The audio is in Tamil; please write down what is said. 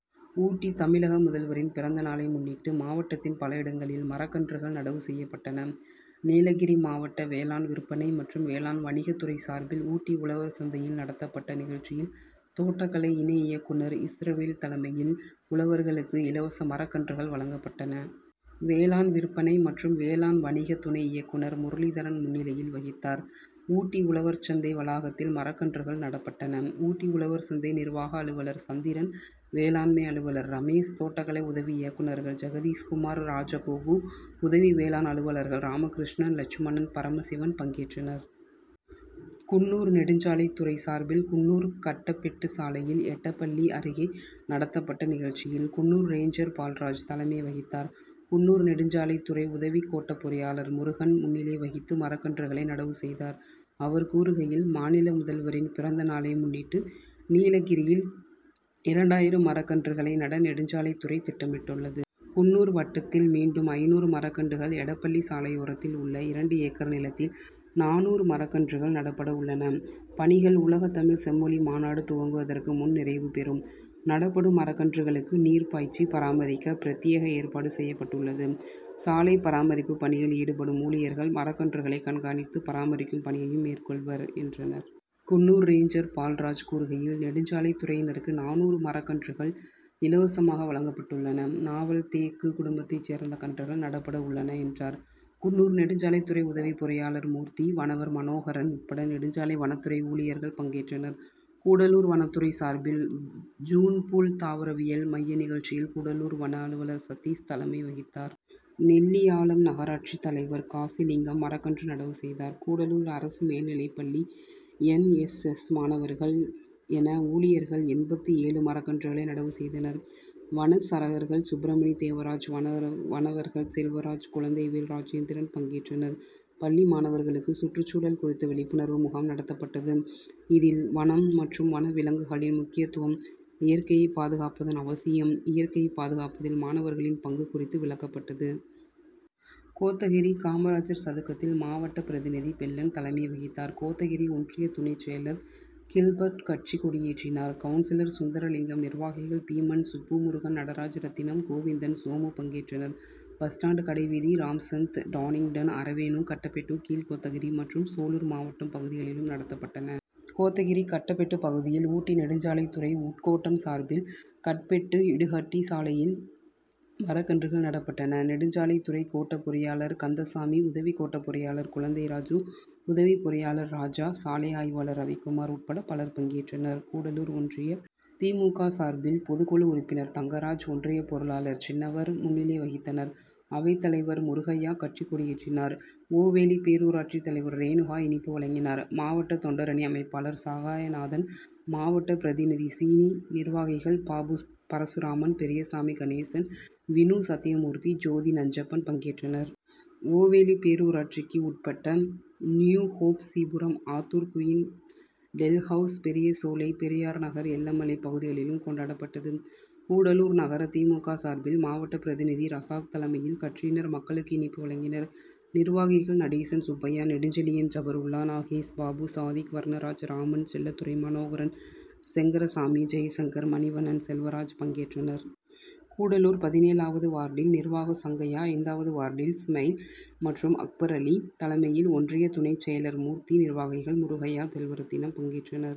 ஊட்டி தமிழக முதல்வரின் பிறந்தநாளை முன்னிட்டு மாவட்டத்தின் பல இடங்களில் மரக்கன்றுகள் நடவு செய்யப்பட்டன. நீலகிரி மாவட்ட வேளாண் விற்பனை மற்றும் வேளாண் வணிகத் துறை சார்பில் ஊட்டி உழவர் சந்தையில் நடத்தப்பட்ட நிகழ்ச்சியில் தோட்டக்கலை இணை இயக்குனர் இஸ்ரவேல் தலைமையில் ழவர்களுக்கு இலவச மரக்கன்றுகள் வழங்கப்பட்டன. வேளாண் விற்பனை மற்றும் வேளாண் வணிக துணை இயக்குனர் முரளிதரன் முன்னிலை வகித்தார். ஊட்டி உழவர் சந்தை வளாகத்தில் மரக்கன்றுகள் நடப்பட்டன. ஊட்டி உழவர் சந்தை நிர்வாக அலுவலர் சந்திரன் வேளாண்மை அலுவலர் ரமேஷ் தோட்டக்கலை உதவி இயக்குனர்கள் ஜெகதீஷ்குமார் ராஜகோபு உதவி வேளாண் அலுவலர்கள் ராமகிருஷ்ணன் லட்சுமணன் பரமசிவன் பங்கேற்றனர். குன்னூர் நெடுஞ்சாலைத் துறை சார்பில் குன்னூர் கட்டபெட்டு சாலையில் எடப்பள்ளி அருகே நடத்தப்பட்ட நிகழ்ச்சியில் குன்னூர் ரேஞ்சர் பால்ராஜ் தலைமை வகித்தார். குன்னூர் நெடுஞ்சாலைத் துறை உதவி கோட்டப் பொறியாளர் முருகன் முன்னிலை வகித்து மரக்கன்றுகளை நடவு செய்தார். அவர் கூறுகையில் மாநில முதல்வரின் பிறந்த நாளை முன்னிட்டு நீலகிரியில் இரண்டாயிரம் மரக்கன்றுகளை நட நெடுஞ்சாலைத் துறை திட்டமிட்டுள்ளது. குன்னூர் வட்டத்தில் மட்டும் ஐந்நூறு மரக்கன்றுகள் எடப்பள்ளி சாலையோரத்தில் உள்ள இரண்டு ஏக்கர் நிலத்தில் நானூறு மரக்கன்றுகள் நடப்பட உள்ளன பணிகள் உலகத் தமிழ் செம்மொழி மாநாடு துவங்குவதற்கு முன் நிறைவு பெறும். நடப்படும் மரக்கன்றுகளுக்கு நீர் பாய்ச்சி பராமரிக்க பிரத்யேக ஏற்பாடு செய்யப்பட்டுள்ளது. சாலைப் பராமரிப்புப் பணியில் ஈடுபடும் ஊழியர்கள் மரக்கன்றுகளை கண்காணித்து பராமரிக்கும் பணியையும் மேற்கொள்வர் என்றார். குன்னூர் ரேஞ்சர் பால்ராஜ் கூறுகையில் நெடுஞ்சாலைத் துறையினருக்கு நானூறு மரக்கன்றுகள் இலவசமாக வழங்கப்பட்டுள்ளன. நாவல் தேக்கு குடும்பத்தை சேர்ந்த கன்றுகள் நடப்பட உள்ளன என்றார். குன்னூர் நெடுஞ்சாலைத் துறை உதவி பொறியாளர் மூர்த்தி வனவர் மனோகரன் உட்பட நெடுஞ்சாலை வனத்துறை ஊழியர்கள் பங்கேற்றனர். கூடலூர் வனத்துறை சார்பில் ஜீன்பூல் தாவரவியல் மைய நிகழ்ச்சியில் கூடலூர் வன அலுவலர் சதீஷ் தலைமை வகித்தார். நெல்லியாளம் நகராட்சி தலைவர் காசிலிங்கம் மரக்கன்று நடவு செய்தார். கூடலூர் அரசு மேல்நிலைப் பள்ளி என். எஸ். எஸ். மாணவர்கள் வன ஊழியர்கள் எண்பத்து ஏழு மரக் கன்றுகளை நடவு செய்தனர். வனச்சரகர்கள் சுப்ரமணி தேவராஜ் வனவர்கள் செல்வராஜ் குழந்தைவேல் ராஜேந்திரன் பங்கேற்றனர். பள்ளி மாணவர்களுக்கு சுற்றுச்சூழல் குறித்த விழிப்புணர்வு முகாம் நடத்தப்பட்டது இதில் வனம் மற்றும் வன விலங்குகளின் முக்கியத்துவம் இயற்கையை பாதுகாப்பதன் அவசியம் இயற்கையை பாதுகாப்பதில் மாணவர்களின் பங்கு குறித்து விளக்கப்பட்டது. கோத்தகிரி காமராஜர் சதுக்கத்தில் மாவட்ட பிரதிநிதி பெள்ளன் தலைமை வகித்தார். கோத்தகிரி ஒன்றிய துணை செயலர் கில்பர்ட் கட்சிக் கொடியேற்றினார். கவுன்சிலர் சுந்தரலிங்கம் நிர்வாகிகள் பீமன் சுப்பு முருகன் நடராஜ் ரத்தினம் கோவிந்தன் சோமு பங்கேற்றனர். பஸ் ஸ்டாண்ட் கடைவீதி ராம்சந்த் டானிங்டன் அரவேனு கட்டபெட்டு கீழ்கோத்தகிரி மற்றும் சோலூர்மட்டம் பகுதிகளிலும் நடத்தப்பட்டன. கோத்தகிரி கட்டபெட்டு பகுதியில் ஊட்டி நெடுஞ்சாலைத் துறை உட்கோட்டம் சார்பில் கட்பெட்டு இடுஹட்டி சாலையில் மரக்கன்றுகள் நடப்பட்டன. நெடுஞ்சாலைத் துறை கோட்ட பொறியாளர் கந்தசாமி உதவி கோட்டப் பொறியாளர் குழந்தைராஜு உதவி பொறியாளர் ராஜா சாலை ஆய்வாளர் ரவிக்குமார் உட்பட பலர் பங்கேற்றனர். கூடலூர் ஒன்றிய தி. மு. க. சார்பில் பொதுக்குழு உறுப்பினர் தங்கராஜ் ஒன்றிய பொருளாளர் சின்னவர் முன்னிலை வகித்தனர். அவைத் தலைவர் முருகையா கட்சிக் கொடியேற்றினார். ஓவேலி பேரூராட்சி தலைவர் ரேணுகா இனிப்பு வழங்கினார். மாவட்ட தொண்டரணி அமைப்பாளர் சகாயநாதன் மாவட்ட பிரதிநிதி சீனி நிர்வாகிகள் பாபு பரசுராமன் பெரியசாமி கணேசன் வினு சத்யமூர்த்தி ஜோதி நஞ்சப்பன் பங்கேற்றனர். ஓவேலி பேரூராட்சிக்கு உட்பட்ட நியூஹோப் சீபுரம் ஆத்தூர் குயிண்ட் டெல்ஹவுஸ் பெரியசோலை பெரியார் நகர் எல்லமலை பகுதிகளிலும் கொண்டாடப்பட்டது. கூடலூர் நகர தி. மு. க. சார்பில் மாவட்ட பிரதிநிதி ரசாக் தலைமையில் கட்சியினர் மக்களுக்கு இனிப்பு வழங்கினர். நிர்வாகிகள் நடேசன் சுப்பையா நெடுஞ்செழியன் ஜபருல்லா நாகேஷ் பாபு சாதிக் வர்ணராஜ் ராமன் செல்லதுரை மனோகரன் செங்கரசாமி ஜெயசங்கர் மணிவண்ணன் செல்வராஜ் பங்கேற்றனர். கூடலூர் பதினேழாவது வார்டில் நிர்வாக சங்கையா ஐந்தாவது வார்டில் ஸ்மைல் மற்றும் அக்பர் அலி தலைமையில் ஒன்றிய துணை செயலர் மூர்த்தி நிர்வாகிகள் முருகையா செல்வரத்தினம் பங்கேற்றனர்.